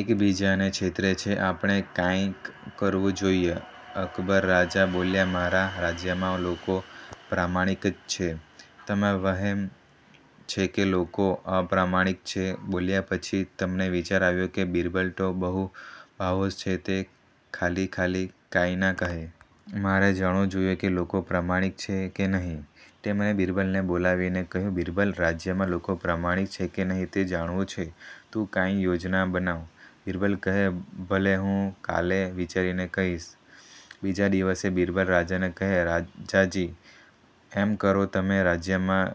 એકબીજાને છેતરે છે. આપણે કાંઈક કરવું જોઈએ. અકબર રાજા બોલ્યાઃમારા રાજ્યમાં લોકો પ્રામાણિક જ છે. તને વહેમ છે કે લોકો અપ્રામાણિક છે. બોલ્યા પછી તેમને વિચાર આવ્યો કે બિરબલ તો બહુ બાહોશ છે તે ખાલીખાલી કાંઈ ના કહે. મારે જણવું જોઈએ કે લોકો પ્રામાણિક છે કે નહીં? તેમણે બિરબલને બોલાવીને કહ્યું; બિરબલ, રાજ્યમાં લોકો પ્રામાણિક છે કે નહીં તે જાણવું છે. તું કાંઈ યોજના બનાવ. બિરબલ કહેઃ ભલે હું કાલે વિચારીને કહીશ. બીજા દિવસે બિરબલ રાજાને કહેઃ રાજાજી, એમ કરો તમે રાજ્યમાં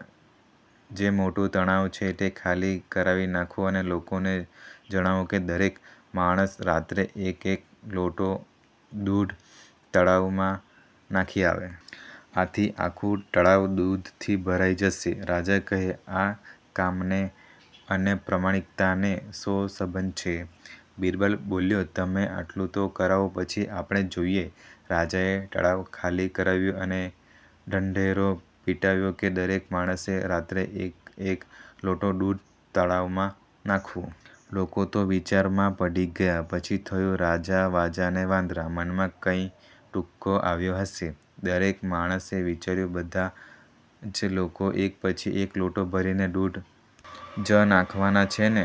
જે મોટું તળાવ છે તે ખાલી કરાવી નાંખો અને લોકોને જણાવો કે દરેક માણસ રાત્રે એક એક લોટો દૂધ્ તળાવમાં નાંખી આવે. આથી આખું તળાવ દૂધથી ભરાઈ જશે. રાજા કહેઃ આ કામ ને અને પ્રામાણિકતાને શો સંબંધ છે? બિરબલ બોલ્યોઃતમે આટલું તો કરાવો પછી આપણે જોઈએ. રાજાએ તળાવ ખાલી કરાવ્યું અને ઢંઢેરો પીટાવ્યો કે દરેક માણસે રાત્રે એક એક લોટો દૂધ તળાવમાં નાખવું. લોકો તો વિચારમાં પડી ગયા. પછી થયું રાજા, વાજા ને વાંદરા.. મનમા કંઈ તુક્કો આવ્યો હશે.. દરેક માણસે વિચાર્યું બધા જ લોકો એક પછી એક લોટો ભરીને દૂધ જનાંખવના છે ને?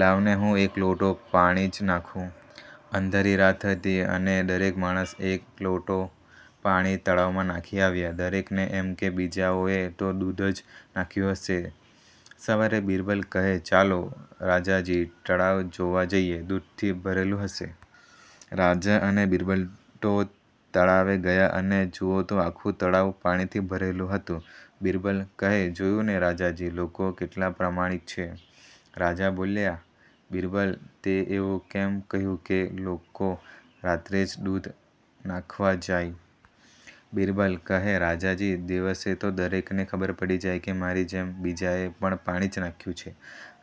લાવને હું એક લોટો પાણી જ નાખું. અંધારી રાત હતી અને દરેક માણસ એક એક લોટો પાણી તળાવમાં નાખી આવ્યા. દરેકને એમ કે બીજાઓએ તો દૂધ જ નાંખ્યુ હશે. સવારે બિરબલ કહે: ચાલો રાજાજી, તળાવ જોવા જઈએ. દૂધથી ભરેલું હશે. રાજા અને બિરબલ તો તળાવે ગયા અને જુએ તો આખું તળાવ પાણીથી ભરેલું હતું! બિરબલ કહેઃજોયું ને રાજાજી, લોકો કેટલા પ્રામાણિક છે? રાજા બોલ્યાઃબિરબલ, તેં એવું કેમ કહ્યું કે લોકો રાત્રે જ દૂધ નાંખવા જાય? બિરબલ કહેઃરાજાજી, દિવસે તો દરેકને ખબર પડી જાય કે મારી જેમ બીજાએ પણ પાણી જ નાખ્યું છે.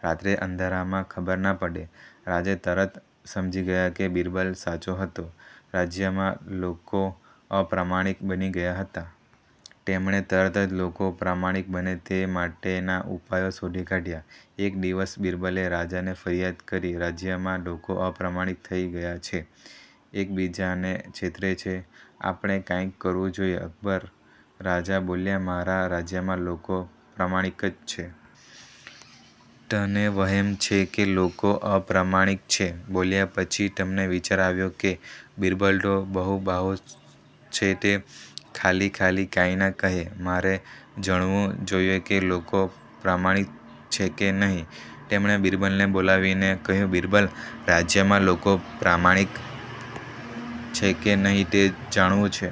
રાત્રે અંધારામાં ખબર ના પડે. રાજા તરત સમજી ગયા કે બિરબલ સાચો હતો. રાજ્યમાં લોકોઅપ્રામાણિક બની ગયા હતા. તેમણે તરત જ લોકો પ્રામાણિક બને તે માટેના ઉપાયો શોધી કાઢ્યા. એક દિવસ બિરબલે રાજાને ફરિયાદ કરીઃરાજ્યમાં લોકો અપ્રામાણિક થઈ ગયા છે. એકબીજાને છેતરે છે. આપણે કાંઈક કરવું જોઈએ. અકબર રાજા બોલ્યાઃમારા રાજ્યમાં લોકો પ્રામાણિક જ છે. તને વહેમ છે કે લોકો અપ્રામાણિક છે. બોલ્યા પછી તેમને વિચાર આવ્યો કે બિરબલ તો બહુ બાહોશ છે તે ખાલીખાલી કાંઈ ના કહે. મારે જણવું જોઈએ કે લોકો પ્રામાણિક છે કે નહીં? તેમણે બિરબલને બોલાવીને કહ્યું; બિરબલ, રાજ્યમાં લોકો પ્રામાણિક છે કે નહીં તે જાણવું છે.